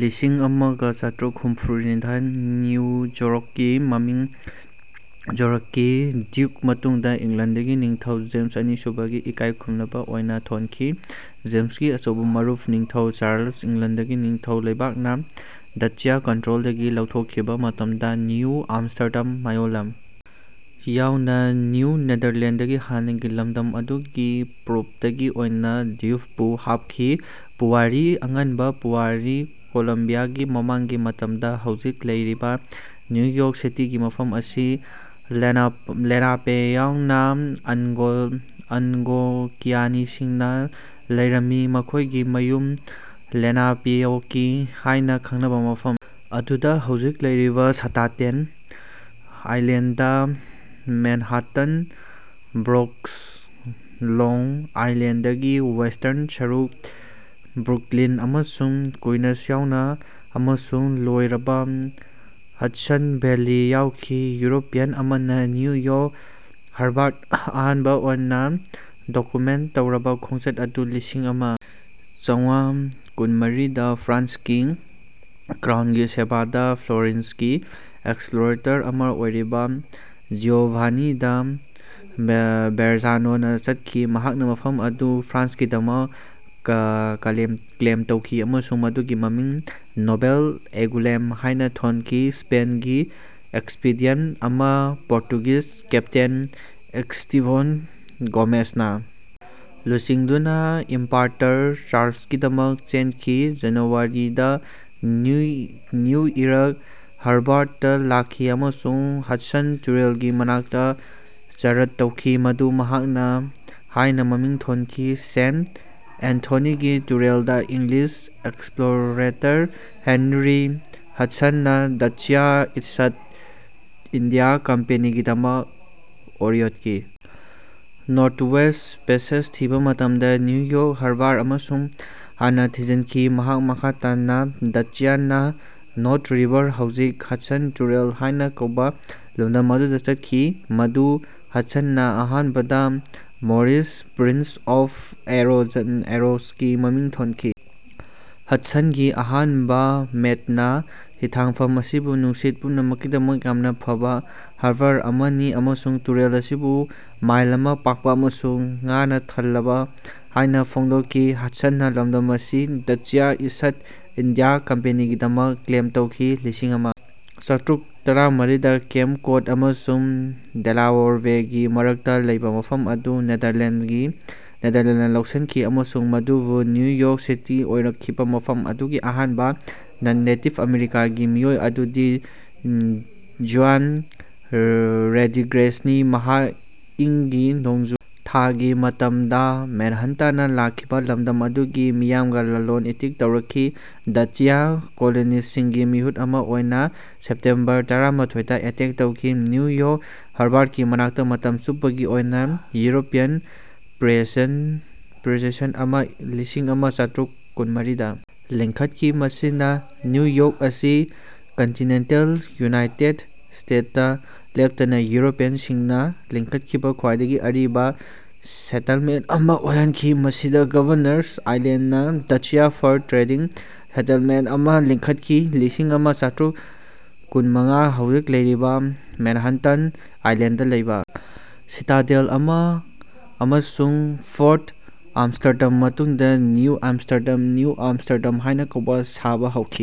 ꯂꯤꯁꯤꯡ ꯑꯃ ꯆꯥꯇ꯭ꯔꯨꯛ ꯍꯨꯝꯐꯨꯃꯔꯤꯗꯥ ꯅ꯭ꯌꯨ ꯌꯣꯔꯛꯀꯤ ꯃꯃꯤꯡ ꯌꯣꯔꯛꯀꯤ ꯗ꯭ꯌꯨꯛ ꯃꯇꯨꯡꯗꯥ ꯏꯪꯂꯦꯟꯗꯒꯤ ꯅꯤꯡꯊꯧ ꯖꯦꯃꯁ ꯑꯅꯤꯁꯨꯕꯥꯒꯤ ꯏꯀꯥꯏ ꯈꯨꯝꯅꯕꯥ ꯑꯣꯏꯅꯥ ꯊꯣꯟꯈꯤ꯫ ꯖꯦꯝꯁꯀꯤ ꯑꯆꯧꯕꯥ ꯃꯔꯨꯞ ꯅꯤꯡꯊꯧ ꯆꯥꯔꯂꯁ ꯏꯪꯂꯦꯟꯗꯒꯤ ꯅꯤꯡꯊꯧ ꯂꯩꯕꯥꯛꯅꯥ ꯗꯆ꯭ꯁ ꯀꯟꯇ꯭ꯔꯣꯜꯗꯒꯤ ꯂꯧꯊꯣꯛꯈꯤꯕꯥ ꯃꯇꯝꯗꯥ ꯅ꯭ꯌꯨ ꯑꯃꯃꯁ꯭ꯇꯔꯗꯥꯝ ꯃꯌꯣꯜꯂꯝ ꯌꯥꯎꯅꯥ ꯅ꯭ꯌꯨ ꯅꯦꯗꯥꯔꯂꯦꯟꯗꯒꯤ ꯍꯥꯟꯅꯒꯤ ꯂꯝꯗꯝ ꯑꯗꯨꯒꯤ ꯄ꯭ꯔꯣꯄꯇꯤ ꯑꯣꯏꯅꯥ ꯗ꯭ꯌꯨꯛꯄꯨ ꯍꯥꯞꯈꯤ꯫ ꯄꯨꯋꯥꯔꯤ ꯑꯉꯟꯕ ꯄꯨꯋꯥꯔꯤ ꯀꯣꯂꯝꯕꯤꯌꯥꯒꯤ ꯃꯃꯥꯡꯒꯤ ꯃꯇꯝꯗꯥ ꯍꯧꯖꯤꯛ ꯂꯩꯔꯤꯕꯥ ꯅ꯭ꯌꯨ ꯌꯣꯔꯛ ꯁꯤꯇꯤꯒꯤ ꯃꯐꯝ ꯑꯁꯤ ꯂꯦꯅꯥꯄꯦ ꯌꯥꯎꯅꯥ ꯑꯜꯒꯣ ꯑꯜꯒꯣꯅꯀꯤꯌꯥꯟꯁꯤꯡꯅꯥ ꯂꯩꯔꯝꯃꯤ꯫ ꯃꯈꯣꯏꯒꯤ ꯃꯌꯨꯝ ꯂꯦꯅꯥꯄꯦꯍꯣꯀꯤꯡ ꯍꯥꯏꯅꯥ ꯈꯪꯅꯕꯥ ꯃꯐꯝ ꯑꯗꯨꯗꯥ ꯍꯧꯖꯤꯛ ꯂꯩꯔꯤꯕꯥ Staten Island Manhattan Bronx Long ꯑꯥꯏꯂꯦꯟꯗꯒꯤ ꯋꯦꯁ꯭ꯇꯔꯟ ꯁꯔꯨꯛ ꯕ꯭ꯔꯨꯛꯂꯤꯟ ꯑꯃꯁꯨꯡ ꯀꯨꯏꯅꯁ ꯌꯥꯎꯅꯥ ꯑꯃꯁꯨꯡ ꯂꯣꯏꯔꯕꯥ ꯍꯗꯁꯟ ꯚꯦꯂꯤ ꯌꯥꯎꯈꯤ꯫ ꯌꯨꯔꯣꯄꯤꯌꯟ ꯑꯃꯅꯥ ꯅ꯭ꯌꯨ ꯌꯣꯔꯛ ꯍꯥꯔꯕꯔꯗꯥ ꯑꯍꯥꯟꯕꯥ ꯑꯣꯏꯅꯥ ꯗꯣꯀꯨꯃꯦꯟꯠ ꯇꯧꯔꯕꯥ ꯈꯣꯡꯆꯠ ꯑꯗꯨ ꯂꯤꯁꯤꯡ ꯑꯃ ꯆꯧꯉꯥ ꯀꯨꯟꯃꯔꯤꯗꯥ ꯐ꯭ꯔꯥꯟꯁꯀꯤ ꯀ꯭ꯔꯥꯎꯟꯒꯤ ꯁꯦꯕꯥꯗꯥ ꯐ꯭ꯂꯣꯔꯦꯟꯁꯀꯤ ꯑꯦꯛꯁꯄ꯭ꯂꯣꯔꯦꯇꯔ ꯑꯃꯥ ꯑꯣꯏꯔꯤꯕꯥ ꯖꯤꯑꯣꯚꯥꯅꯤ ꯗꯥ ꯚꯦꯔꯥꯖꯥꯅꯣꯅꯥ ꯆꯠꯈꯤ꯫ ꯃꯍꯥꯛꯅꯥ ꯃꯐꯝ ꯑꯗꯨ ꯐ꯭ꯔꯥꯟꯁꯀꯤꯗꯃꯛ ꯀ꯭ꯂꯦꯝ ꯇꯧꯈꯤ ꯑꯃꯁꯨꯡ ꯃꯗꯨꯒꯤ ꯃꯃꯤꯡ ꯅꯣꯚꯦꯜ ꯑꯦꯡꯒꯨꯂꯦꯝ ꯍꯥꯏꯅꯥ ꯊꯣꯟꯈꯤ꯫ ꯁ꯭ꯄꯦꯟꯒꯤ ꯑꯦꯛꯁꯄꯤꯗꯤꯁꯟ ꯑꯃꯥ ꯄꯣꯔꯇꯨꯒꯤꯖ ꯀꯦꯞꯇꯦꯟ ꯑꯦꯁ꯭ꯇꯦꯚꯣꯟ ꯒꯣꯃꯦꯁꯅꯥ ꯂꯨꯆꯤꯡꯗꯨꯅꯥ ꯏꯝꯄꯥꯔꯇꯔ ꯆꯥꯔꯂꯁꯀꯤꯗꯃꯛ ꯆꯦꯟꯈꯤ꯫ ꯖꯅꯨꯋꯥꯔꯤ ꯗꯥ ꯅ꯭ꯌꯨ ꯏꯌꯔꯛ ꯍꯥꯔꯕꯔꯗꯥ ꯂꯥꯛꯈꯤ ꯑꯃꯁꯨꯡ ꯍꯗꯁꯟ ꯇꯨꯔꯦꯜꯒꯤ ꯃꯅꯥꯛꯇꯥ ꯆꯥꯔꯠ ꯇꯧꯈꯤ ꯃꯗꯨ ꯃꯍꯥꯛꯅꯥ ꯍꯥꯏꯅꯥ ꯃꯃꯤꯡ ꯊꯣꯟꯈꯤ ꯁꯦꯟꯇ ꯑꯦꯟꯊꯣꯅꯤꯒꯤ ꯇꯨꯔꯦꯜꯗꯥ ꯏꯪꯂꯤꯁ ꯑꯦꯛꯁꯄ꯭ꯂꯣꯔꯦꯇꯔ ꯍꯦꯅꯔꯤ ꯍꯗꯁꯟꯅꯥ ꯗꯆ꯭ꯁ ꯏꯁ꯭ꯠ ꯏꯟꯗꯤꯌꯥ ꯀꯝꯄꯦꯅꯤꯒꯤꯗꯃꯛ ꯑꯣꯔꯤꯑꯦꯟꯠꯀꯤ ꯅꯣꯔꯊꯋꯦꯁ꯭ꯠ ꯄꯦꯁꯦꯖ ꯊꯤꯕꯥ ꯃꯇꯝꯗꯥ ꯅ꯭ꯌꯨ ꯌꯣꯔꯛ ꯍꯥꯔꯕꯔ ꯑꯃꯨꯛ ꯍꯟꯅꯥ ꯊꯤꯖꯤꯟꯈꯤ꯫ ꯃꯍꯥꯛ ꯃꯈꯥ ꯇꯥꯅꯥ ꯗꯆ꯭ꯁꯅꯥ ꯅꯣꯔꯊ ꯔꯤꯚꯔ ꯍꯧꯖꯤꯛ ꯍꯗꯁꯟ ꯇꯨꯔꯦꯜ ꯍꯥꯏꯅꯥ ꯀꯧꯕꯥ ꯂꯝꯗꯝ ꯑꯗꯨꯗꯥ ꯆꯠꯈꯤ ꯃꯗꯨ ꯍꯗꯁꯟꯅꯥ ꯑꯍꯥꯟꯕꯗꯥ ꯃꯣꯔꯤꯁꯁ ꯄ꯭ꯔꯤꯟꯁ ꯑꯣꯐ ꯑꯣꯔꯦꯟꯖꯒꯤ ꯃꯃꯤꯡ ꯊꯣꯟꯈꯤ꯫ ꯍꯗꯁꯟꯒꯤ ꯑꯍꯥꯟꯕꯥ ꯃꯦꯠꯅꯥ ꯍꯤꯊꯥꯡꯐꯝ ꯑꯁꯤꯕꯨ ꯅꯨꯡꯁꯤꯠ ꯄꯨꯝꯅꯃꯛꯀꯤꯗꯃꯛ ꯌꯥꯝꯅꯥ ꯐꯕꯥ ꯍꯥꯔꯕꯔ ꯑꯃꯅꯤ ꯑꯃꯁꯨꯡ ꯇꯨꯔꯦꯜ ꯑꯁꯤꯕꯨ ꯃꯥꯏꯜ ꯑꯃꯥ ꯄꯥꯛꯄꯥ ꯑꯃꯁꯨꯡ ꯉꯥꯅꯥ ꯊꯜꯂꯕꯥ ꯍꯥꯏꯅꯥ ꯐꯣꯡꯗꯣꯛꯈꯤ꯫ ꯍꯗꯁꯟꯅꯥ ꯂꯝꯗꯝ ꯑꯁꯤ ꯗꯆ꯭ꯁ ꯏꯁ꯭ꯠ ꯏꯟꯗꯤꯌꯥ ꯀꯝꯄꯦꯅꯤꯒꯤꯗꯃꯛ ꯀ꯭ꯂꯦꯝ ꯇꯧꯈꯤ꯫ ꯂꯤꯁꯤꯡ ꯑꯃ ꯆꯥꯇ꯭ꯔꯨꯛ ꯇꯔꯥꯃꯔꯤꯗ ꯀꯦꯞ ꯀꯣꯗ ꯑꯃꯁꯨꯡ ꯗꯦꯂꯥꯑꯣꯔ ꯕꯦꯒꯤ ꯃꯔꯛꯇꯥ ꯂꯩꯕꯥ ꯃꯐꯝ ꯑꯗꯨ ꯅꯦꯗꯥꯔꯂꯦꯟꯒꯤ ꯅꯦꯗꯥꯔꯂꯦꯟꯗꯅꯥ ꯂꯧꯁꯤꯟꯈꯤ ꯑꯃꯁꯨꯡ ꯃꯗꯨꯕꯨ ꯅ꯭ꯌꯨ ꯌꯣꯔꯛ ꯁꯤꯇꯤ ꯑꯣꯏꯔꯛꯈꯤꯕꯥ ꯃꯐꯝ ꯑꯗꯨꯒꯤ ꯑꯍꯥꯟꯕꯥ ꯅꯟ ꯅꯦꯇꯤꯕ ꯑꯃꯦꯔꯤꯀꯥꯒꯤ ꯃꯤꯑꯣꯏ ꯑꯗꯨꯗꯤ ꯖꯨꯌꯥꯟ ꯔꯣꯗ꯭ꯔꯤꯒꯦꯖꯅꯤ ꯃꯍꯥꯛ ꯏꯪ ꯒꯤ ꯅꯣꯡꯖꯨ ꯊꯥꯒꯤ ꯃꯇꯝꯗꯥ ꯃꯦꯟꯍꯥꯇꯟꯗꯥ ꯂꯥꯛꯈꯤꯕꯥ ꯂꯝꯗꯝ ꯑꯗꯨꯒꯤ ꯃꯤꯌꯥꯝꯒꯥ ꯂꯂꯣꯟ ꯏꯇꯤꯛ ꯇꯧꯔꯛꯈꯤ ꯗꯆ꯭ꯁ ꯀꯣꯂꯣꯅꯤꯁ꯭ꯠꯁꯤꯡꯒꯤ ꯃꯤꯍꯨꯠ ꯑꯃꯥ ꯑꯣꯏꯅꯥ꯫ ꯁꯦꯞꯇꯦꯝꯕꯔ ꯇꯔꯥꯃꯥꯊꯣꯏꯗꯥ ꯑꯦꯇꯦꯛ ꯇꯧꯈꯤ꯫ ꯅ꯭ꯌꯨ ꯌꯣꯔꯛ ꯍꯥꯔꯕꯔꯒꯤ ꯃꯅꯥꯛꯇꯥ ꯃꯇꯝ ꯆꯨꯞꯄꯒꯤ ꯑꯣꯏꯅꯥ ꯌꯨꯔꯣꯄꯤꯌꯟ ꯄ꯭ꯔꯦꯁꯟ ꯄ꯭ꯔꯦꯖꯦꯟꯁ ꯑꯃꯥ ꯂꯤꯁꯤꯡ ꯑꯃ ꯆꯥꯇ꯭ꯔꯨꯛ ꯀꯨꯟꯃꯔꯤꯗꯥ ꯂꯤꯡꯈꯠꯈꯤ ꯃꯁꯤꯅꯥ ꯅ꯭ꯌꯨ ꯌꯣꯔꯛ ꯑꯁꯤ ꯀꯟꯇꯤꯅꯦꯟꯇꯜ ꯌꯨꯅꯥꯏꯇꯦꯗ ꯁ꯭ꯇꯦꯇꯁꯇꯥ ꯂꯦꯞꯇꯅꯥ ꯌꯨꯔꯣꯄꯤꯌꯟꯁꯤꯡꯅꯥ ꯂꯤꯡꯈꯠꯈꯤꯕꯥ ꯈ꯭ꯋꯥꯏꯗꯒꯤ ꯑꯔꯤꯕꯥ ꯁꯦꯇꯜꯃꯦꯟꯠ ꯑꯃꯥ ꯑꯣꯏꯍꯟꯈꯤ ꯃꯁꯤꯗꯥ ꯒꯚꯔꯅꯔꯁ ꯑꯥꯏꯂꯦꯟꯗꯗꯥ ꯗꯆ꯭ꯁ ꯐꯔ ꯇ꯭ꯔꯦꯗꯤꯡ ꯁꯦꯇꯜꯃꯦꯟꯇꯠꯑꯃꯥ ꯂꯤꯡꯈꯠꯈꯤ꯫ ꯂꯤꯁꯤꯡ ꯑꯃ ꯆꯥꯇ꯭ꯔꯨꯛ ꯀꯨꯟꯃꯉꯥ ꯍꯧꯖꯤꯛ ꯂꯩꯔꯤꯕꯥ ꯃꯦꯅꯍꯥꯇꯟ ꯑꯥꯏꯂꯦꯟꯗꯗꯥ ꯂꯩꯕꯥ ꯁꯤꯇꯥꯗꯦꯜ ꯑꯃꯥ ꯑꯃꯁꯨꯡ ꯐꯣꯔꯠ ꯑꯝꯃꯁ꯭ꯇꯔꯗꯥꯝ ꯃꯇꯨꯡꯗꯥ ꯅꯤꯎ ꯑꯦꯝꯁ꯭ꯇꯔꯗꯥꯝ ꯅ꯭ꯌꯨ ꯑꯝꯃꯁ꯭ꯇꯔꯗꯥꯝ ꯍꯥꯏꯅꯥ ꯀꯧꯕꯥ ꯁꯥꯕꯥ ꯍꯧꯈꯤ꯫